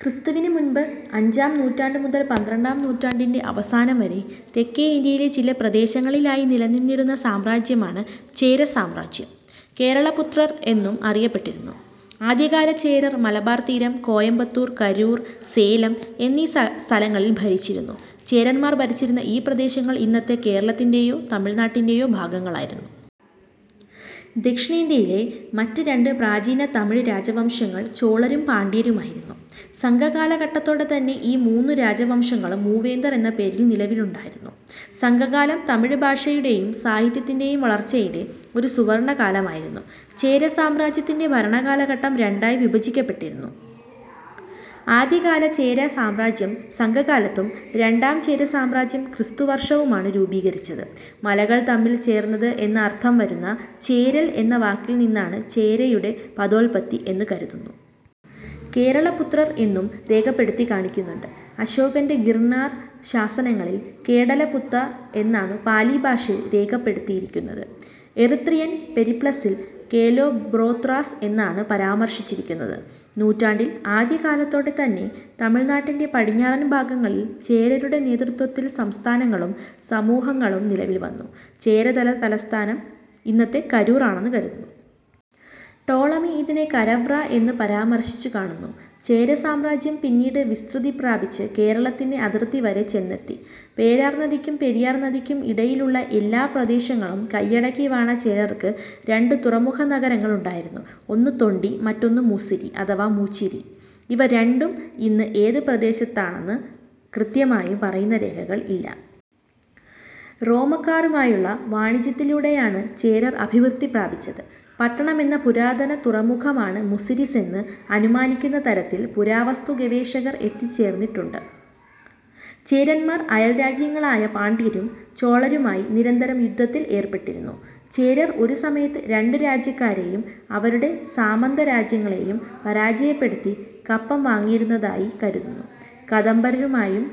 ക്രിസ്തുവിന് മുൻപ് അഞ്ചാം നൂറ്റാണ്ടു മുതൽ പന്ത്രണ്ടാം നൂറ്റാണ്ടിന്റെ അവസാനം വരെ തെക്കേ ഇന്ത്യയിലെ ചില പ്രദേശങ്ങളിലായി നിലനിന്നിരുന്ന സാമ്രാജ്യമാണ് ചേര സാമ്രാജ്യം. കേരളപുത്രർ എന്നും അറിയപ്പെട്ടിരുന്നു. ആദ്യകാല ചേരർ മലബാർ തീരം, കോയമ്പത്തൂർ, കരൂർ, സേലം എന്നീ സ്ഥലങ്ങൾ ഭരിച്ചിരുന്നു. ചേരന്മാർ ഭരിച്ചിരുന്ന ഈ പ്രദേശങ്ങൾ ഇന്നത്തെ കേരളത്തിന്റെയോ തമിഴ്നാട്ടിന്റെയോ ഭാഗങ്ങളായിരുന്നു. ദക്ഷിണേന്ത്യയിലെ മറ്റ് രണ്ട് പ്രാചീന തമിഴ് രാജവംശങ്ങൾ ചോളരും പാണ്ഡ്യരുമായിരുന്നു. സംഘകാലഘട്ടത്തോടെ തന്നെ ഈ മൂന്നു രാജവംശങ്ങളും മൂവേന്തർ എന്ന പേരിൽ നിലവിലുണ്ടായിരുന്നു. സംഘകാലം തമിഴ് ഭാഷയുടേയും സാഹിത്യത്തിന്റേയും വളർച്ചയിലെ ഒരു സുവർണ്ണകാലമായിരുന്നു. ചേര സാമ്രാജ്യത്തിന്റെ ഭരണകാലഘട്ടം രണ്ടായി വിഭജിക്കപ്പെട്ടിരിക്കുന്നു. ആദ്യകാല ചേര സാമ്രാജ്യം സംഘകാലത്തും രണ്ടാം ചേര സാമ്രാജ്യം ക്രിസ്തു വർഷവുമാണ് രൂപീകരിച്ചത് മലകൾ തമ്മിൽ ചേർന്നത് എന്നർത്ഥം വരുന്ന ചേരൽ എന്ന വാക്കിൽ നിന്നാണ് ചേരരുടെ പദോല്പത്തി എന്നു കരുതുന്നു. കേരളപുത്രർ എന്നും രേഖപ്പെടുത്തിക്കാണുന്നുണ്ട്. അശോകന്റെ ഗിർണാർ ശാസനങ്ങളിൽ കേടലപുത്ത എന്നാണു പാലി ഭാഷയിൽ രേഖപ്പെടുത്തിയിരിക്കുന്നത്. എറിത്രിയൻ പെരിപ്ലസിൽ കേലോബോത്രാസ് എന്നാണ് പരാമർശിച്ചിരിക്കുന്നത്. നൂറ്റാണ്ടിൽ ആദ്യകാലത്തോടെ തന്നെ തമിഴ്നാട്ട്ന്റെ പടിഞ്ഞാറൻ ഭാഗങ്ങളിൽ ചേരരുടെ നേതൃത്വത്തിൽ സംസ്ഥാനങ്ങളും സമൂഹങ്ങളും നിലവിൽ വന്നു. ചേരതലസ്ഥാനം ഇന്നത്തെ കരൂർ ആണെന്നു കരുതുന്നു. ടോളമി ഇതിനെ കരവ്ര എന്ന് പരാമർശിച്ചുകാണുന്നു. ചേര സാമ്രാജ്യം പിന്നീട് വിസ്ത്രൃതി പ്രാപിച്ച് കേരളത്തിന്റെ അതിർത്തിവരെ ചെന്നെത്തി. പേരാർ നദിക്കും പെരിയാർ നദിക്കും ഇടയിലുള്ള എല്ലാ പ്രദേശങ്ങളും കയ്യടക്കിവാണ ചേരർക്ക് രണ്ട് തുറമുഖനഗരങ്ങൾ ഉണ്ടായിരുന്നു. ഒന്ന് തൊണ്ടി മറ്റൊന്ന് മുസിരി അഥവാ മുചിരി. ഇവ രണ്ടും ഇന്ന് ഏത് പ്രദേശത്താണ് എന്ന് കൃത്യമായും പറയുന്ന രേഖകൾ ഇല്ല. റോമക്കാരുമായുള്ള വാണിജ്യത്തിലൂടെയാണ് ചേരർ അഭിവൃദ്ധിപ്രാപിച്ചത്. പട്ടണം എന്ന പുരാതന തുറമുഖമാണ് മുസിരിസ് എന്ന് അനുമാനിക്കുന്ന തരത്തിൽ പുരാവസ്തുഗവേഷകർ എത്തിച്ചേർന്നിട്ടുണ്ട്. ചേരന്മാർ അയൽരാജ്യങ്ങളായ പാണ്ഡ്യരും ചോളരുമായി നിരന്തരം യുദ്ധത്തിൽ ഏർപ്പെട്ടിരുന്നു. ചേരർ ഒരു സമയത്ത് രണ്ടു രാജ്യക്കാരെയും അവരുടെ സാമന്തരാജ്യങ്ങളേയും പരജയപ്പെടുത്തി കപ്പം വാങ്ങിയിരുന്നതായി കരുതുന്നു. കദംബരുമായും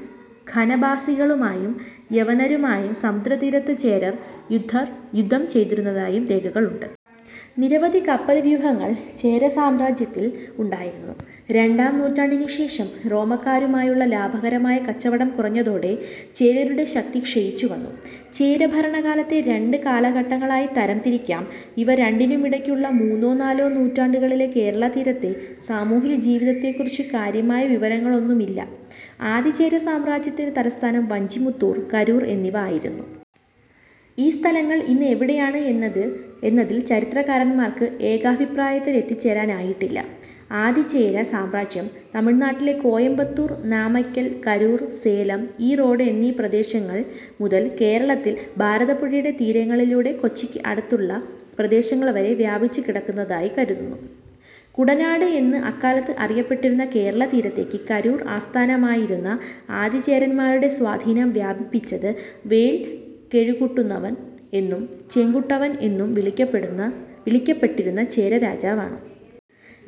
ഖനവാസികളുമായും യവനരുമായും സമുദ്രതീരത്ത് ചേരർ യുദ്ധം ചെയ്തിരുന്നതായും രേഖകൾ ഉണ്ട്. നിരവധി കപ്പൽ വ്യൂഹങ്ങൾ ചേരസാമ്രാജ്യത്തിൽ ഉണ്ടായുരുന്നു. രണ്ടാം നൂറ്റാണ്ടിനു ശേഷം റോമക്കാരുമായുള്ള ലാഭകരമായ കച്ചവടം കുറഞ്ഞതോടെ ചേരരുടെ ശക്തി ക്ഷയിച്ചുവന്നു. ചേരഭരണകാലത്തെ രണ്ട് കാലഘട്ടങ്ങളായി തരം തിരിക്കാം ഇവ രണ്ടിനുമിടക്കുള്ള മൂന്നോ നാലോ നൂറ്റാണ്ടുകളിലെ കേരളതീരത്തെ സമൂഹ്യജീവിതത്തെക്കുറിച്ച് കാര്യമായ വിവരങ്ങളൊന്നുമില്ല. ആദിചേര സാമ്രാജ്യത്തിന്റെ തലസ്ഥാനം വഞ്ചിമുത്തൂർ, കരൂർ എന്നിവ ആയിരുന്നു. ഈ സ്ഥലങ്ങൾ ഇന്ന് എവിടെയാണ് എന്നതിൽ ചരിത്രകാരന്മാർക്ക് ഏകാഭിപ്രായത്തിലെത്തിച്ചേരാനായിട്ടില്ല. ആദിചേര സാമ്രാജ്യം തമിഴ്നാട്ടിലെ കോയമ്പത്തൂർ, നാമക്കൽ, കരൂർ, സേലം, ഈറോഡ് എന്നീ പ്രദേശങ്ങൾ മുതൽ കേരളത്തിൽ ഭാരതപ്പുഴയുടെ തീരങ്ങളിലൂടെ കൊച്ചിക്ക് അടുത്ത പ്രദേശങ്ങൾ വരെ വ്യാപിച്ചു കിടന്നതായി കരുതുന്നു. കുടനാട് എന്ന് അക്കാലത്ത് അറിയപ്പെട്ടിരുന്ന കേരളതീരത്തേക്ക് കരൂർ ആസ്ഥാനമായിരുന്ന ആദിചേരന്മാരുടെ സ്വാധീനം വ്യാപിപ്പിച്ചത് വേൽകെഴുകുട്ടുവൻ എന്നും ചെങ്കുട്ടുവൻ എന്നും വിളിക്കപ്പെട്ടിരുന്ന ചേരരാജാവാണു.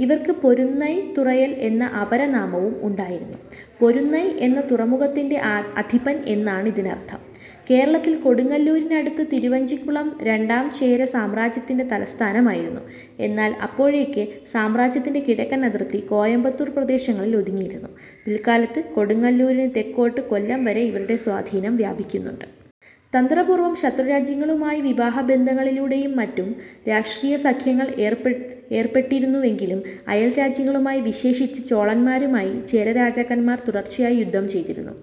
ഇവർക്ക് പൊരുന്നൈത്തുറയൻ എന്ന അപരനാമവും ഉണ്ടായിരുന്നു. പൊരുന്നൈ എന്ന തുറമുഖത്തിന്റെ അധിപൻ എന്നാണതിനർത്ഥം. കേരളത്തിൽ കൊടുങ്ങല്ലൂരിന് അടുത്ത് തിരുവഞ്ചിക്കുളം രണ്ടാംചേര സാമ്രാജ്യത്തിന്റെ തലസ്ഥാനമായിരുന്നു. എന്നാൽ അപ്പോഴേക്ക് സാമ്രാജ്യത്തിന്റെ കിഴക്കൻ അതിർത്തി കോയമ്പത്തൂർ പ്രദേശങ്ങളിൽ ഒതുങ്ങിയിരുന്നു. പിൽക്കാലത്ത് കൊടുങ്ങല്ലൂരിനു തെക്കോട്ട് കൊല്ലം വരെ ഇവരുടെ സ്വാധീനം വ്യാപിക്കുന്നുണ്ട്. തന്ത്രപൂർവം ശത്രുരാജ്യങ്ങളുമായി വിവാഹബന്ധങ്ങളിലൂടെയും മറ്റും രാഷ്ട്രീയ സഖ്യങ്ങളിൽ ഏർപ്പെട്ടിരുന്നുവെങ്കിലും അയൽ രാജ്യങ്ങളുമായി, വിശേഷിച്ച് ചോളന്മാരുമായി, ചേരരാജാക്കന്മാർ തുടർച്ചയായി യുദ്ധം ചെയ്തിരുന്നു.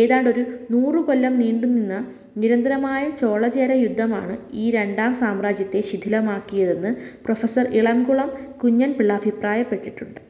ഏതാണ്ട് ഒരു നൂറു കൊല്ലം നീണ്ടു നിന്ന നിരന്തരമായ ചോള-ചേര യുദ്ധമാണു ഈ രണ്ടാം സാമ്രാജ്യത്തെ ശിഥിലമാക്കിയതെന്ന് പ്രൊഫ. ഇളംകുളം കുഞ്ഞൻ പിള്ള അഭിപ്രായപ്പെട്ടിട്ടുണ്ട്.